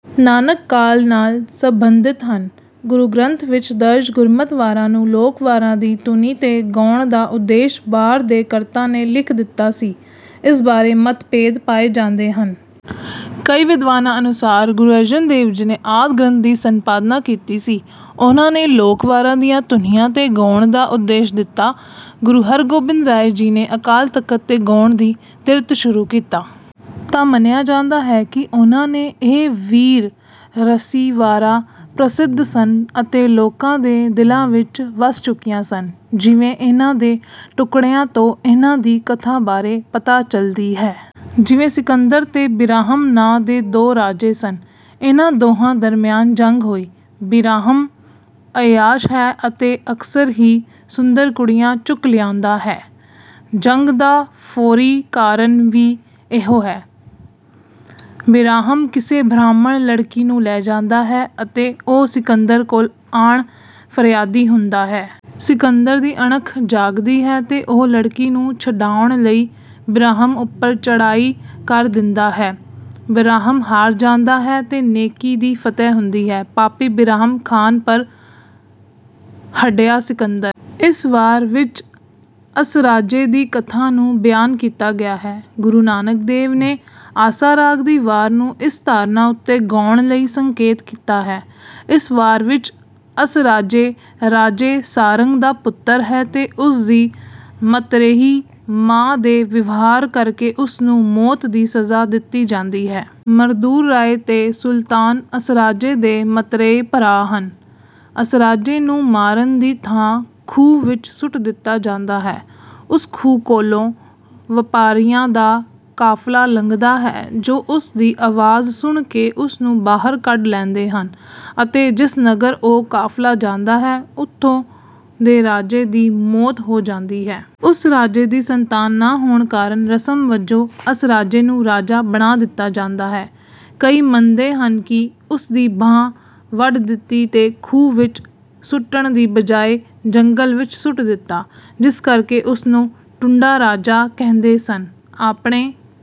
ਨਾਨਕ ਕਾਲ ਨਾਲ ਸਬੰਧਿਤ ਹਨ। ਗੁਰੂ ਗ੍ਰੰਥ ਵਿੱਚ ਦਰਜ ਗੁਰਮਤਿ ਵਾਰਾਂ ਨੂੰ ਲੋਕ ਵਾਰਾਂ ਦੀ ਧੁਨੀ ਤੇ ਗਾਉਣ ਦਾ ਉਦੇਸ਼ ਵਾਰ ਦੇ ਕਰਤਾ ਨੇ ਲਿਖ ਦਿੱਤਾ ਸੀ। ਇਸ ਬਾਰੇ ਮਤਭੇਦ ਪਾਏ ਜਾਂਦੇ ਹਨ। ਕਈ ਵਿਦਵਾਨਾਂ ਅਨੁਸਾਰ ਗੁਰੂ ਅਰਜਨ ਦੇਵ ਜੀ ਨੇ ਆਦਿ ਗ੍ਰੰਥ ਦੀ ਸੰਪਾਦਨਾ ਕੀਤੀ ਸੀ। ਉਹਨਾਂ ਨੇ ਲੋਕ ਵਾਰਾਂ ਦੀਆਂ ਧੁਨੀਆਂ ਤੇ ਗਾਉਣ ਦਾ ਉਦੇਸ਼ ਦਿੱਤਾ। ਗੁਰੂ ਹਰ ਗੋਬਿੰਦ ਰਾਏ ਜੀ ਨੇ ਅਕਾਲ ਤਖ਼ਤ ਤੇ ਗਾਉਣ ਦੀ ਧਿਰਤ ਸ਼ੁਰੂ ਕੀਤਾ। ਤਾਂ ਮੰਨਿਆ ਜਾਂਦਾ ਹੈ ਕਿ ਉਹਨਾਂ ਨੇ ਇਹ ਵੀਰ ਰਸੀ ਵਾਰਾਂ ਪ੍ਰਸਿੱਧ ਸਨ ਅਤੇ ਲੋਕਾਂ ਦੇ ਦਿਲਾਂ ਵਿੱਚ ਵਸ ਚੁੱਕੀਆਂ ਸਨ। ਜਿਵੇਂ ਇਹਨਾਂ ਦੇ ਟੁਕੜਿਆਂ ਤੋਂ ਇਹਨਾਂ ਦੀ ਕਥਾ ਬਾਰੇ ਪਤਾ ਚਲਦੀ ਹੈ। ਜਿਵੇਂ ਸਿਕੰਦਰ ਤੇ ਬਿਰਾਹਮ ਨਾਂ ਦੇ ਦੋ ਰਾਜੇ ਸਨ। ਇਹਨਾਂ ਦੋਹਾਂ ਦਰਮਿਆਨ ਜੰਗ ਹੋਈ। ਬਿਰਾਹਮ ਅੱਯਾਸ਼ ਹੈ ਅਤੇ ਅਕਸਰ ਹੀ ਸੁੰਦਰ ਕੁੜੀਆਂ ਚੁੱਕ ਲਿਆਉਂਦਾ ਹੈ। ਜੰਗ ਦਾ ਫੌਰੀ ਕਾਰਨ ਵੀ ਇਹੋ ਹੈ। ਬਿਰਾਹਮ ਕਿਸੇ ਬ੍ਰਾਹਮਣ ਲੜਕੀ ਨੂੰ ਲੈ ਜਾਂਦਾ ਹੈ ਅਤੇ ਉਹ ਸਿਕੰਦਰ ਕੋਲ ਆਣ ਫਰਿਆਦੀ ਹੁੰਦਾ ਹੈ। ਸਿਕੰਦਰ ਦੀ ਅਣਖ ਜਾਗਦੀ ਹੈ ਤੇ ਉਹ ਲੜਕੀ ਨੂੰ ਛੁਡਾਉਣ ਲਈ ਬਿਰਾਹਮ ਉਪਰ ਚੜ੍ਹਾਈ ਕਰ ਦਿੰਦਾ ਹੈ। ਬਿਰਾਹਮ ਹਾਰ ਜਾਂਦਾ ਹੈ ਤੇ ਨੇਕੀ ਦੀ ਫਤਹਿ ਹੁੰਦੀ ਹੈ। ਪਾਪੀ ਬਿਰਾਹਮ ਖਾਨ ਪਰ ਹਢਿਆ ਸਿਕੰਦਰ। ਇਸ ਵਾਰ ਵਿੱਚ ਅਸਰਾਜੇ ਦੀ ਕਥਾ ਨੂੰ ਬਿਆਨ ਕੀਤਾ ਗਿਆ ਹੈ। ਗੁਰੂ ਨਾਨਕ ਦੇਵ ਨੇ ਆਸਾ ਰਾਗ ਦੀ ਵਾਰ ਨੂੰ ਇਸ ਧਾਰਨਾ ਉਤੇ ਗਾਉਣ ਲਈ ਸੰਕੇਤ ਕੀਤਾ ਹੈ। ਇਸ ਵਾਰ ਵਿੱਚ ਅਸਰਾਜੇ ਰਾਜੇ ਸਾਰੰਗ ਦਾ ਪੁੱਤਰ ਹੈ ਤੇ ਉਸਦੀ ਮਤਰੇਈ ਮਾਂ ਦੇ ਵਿਵਹਾਰ ਕਰਕੇ ਉਸਨੂੰ ਮੌਤ ਦੀ ਸਜ਼ਾ ਦਿੱਤੀ ਜਾਂਦੀ ਹੈ। ਮਰਦੂਰ ਰਾਏ ਤੇ ਸੁਲਤਾਨ ਅਸਰਾਜੇ ਦੇ ਮਤਰੇਏ ਭਰਾ ਹਨ। ਅਸਰਾਜੇ ਨੂੰ ਮਾਰਨ ਦੀ ਥਾਂ ਖੂਹ ਵਿੱਚ ਸੁੱਟ ਦਿੱਤਾ ਜਾਂਦਾ ਹੈ। ਉਸ ਖੂਹ ਕੋਲੋਂ ਵਪਾਰੀਆਂ ਦਾ ਕਾਫਲਾ ਲੰਘਦਾ ਹੈ ਜੋ ਉਸ ਦੀ ਅਵਾਜ਼ ਸੁਣ ਕੇ ਉਸਨੂੰ ਬਾਹਰ ਕੱਢ ਲੈਂਦੇ ਹਨ ਅਤੇ ਜਿਸ ਨਗਰ ਉਹ ਕਾਫਲਾ ਜਾਂਦਾ ਹੈ ਉਥੋਂ ਦੇ ਰਾਜੇ ਦੀ ਮੌਤ ਹੋ ਜਾਂਦੀ ਹੈ। ਉਸ ਰਾਜੇ ਦੀ ਸੰਤਾਨ ਨਾ ਹੋਣ ਕਾਰਨ ਰਸਮ ਵਜੋਂ ਅਸਰਾਜੇ ਨੂੰ ਰਾਜਾ ਬਣਾ ਦਿੱਤਾ ਜਾਂਦਾ ਹੈ। ਕਈ ਮੰਨਦੇ ਹਨ ਕਿ ਉਸ ਦੀ ਬਾਂਹ ਵੱਢ ਦਿੱਤੀ ਤੇ ਖੂਹ ਵਿੱਚ ਸੁੱਟਣ ਦੀ ਬਜਾਏ ਜੰਗਲ ਵਿੱਚ ਸੁੱਟ ਦਿੱਤਾ। ਜਿਸ ਕਰਕੇ ਉਸਨੂੰ ਟੁੰਡਾ ਰਾਜਾ ਕਹਿੰਦੇ ਸਨ। ਆਪਣੇ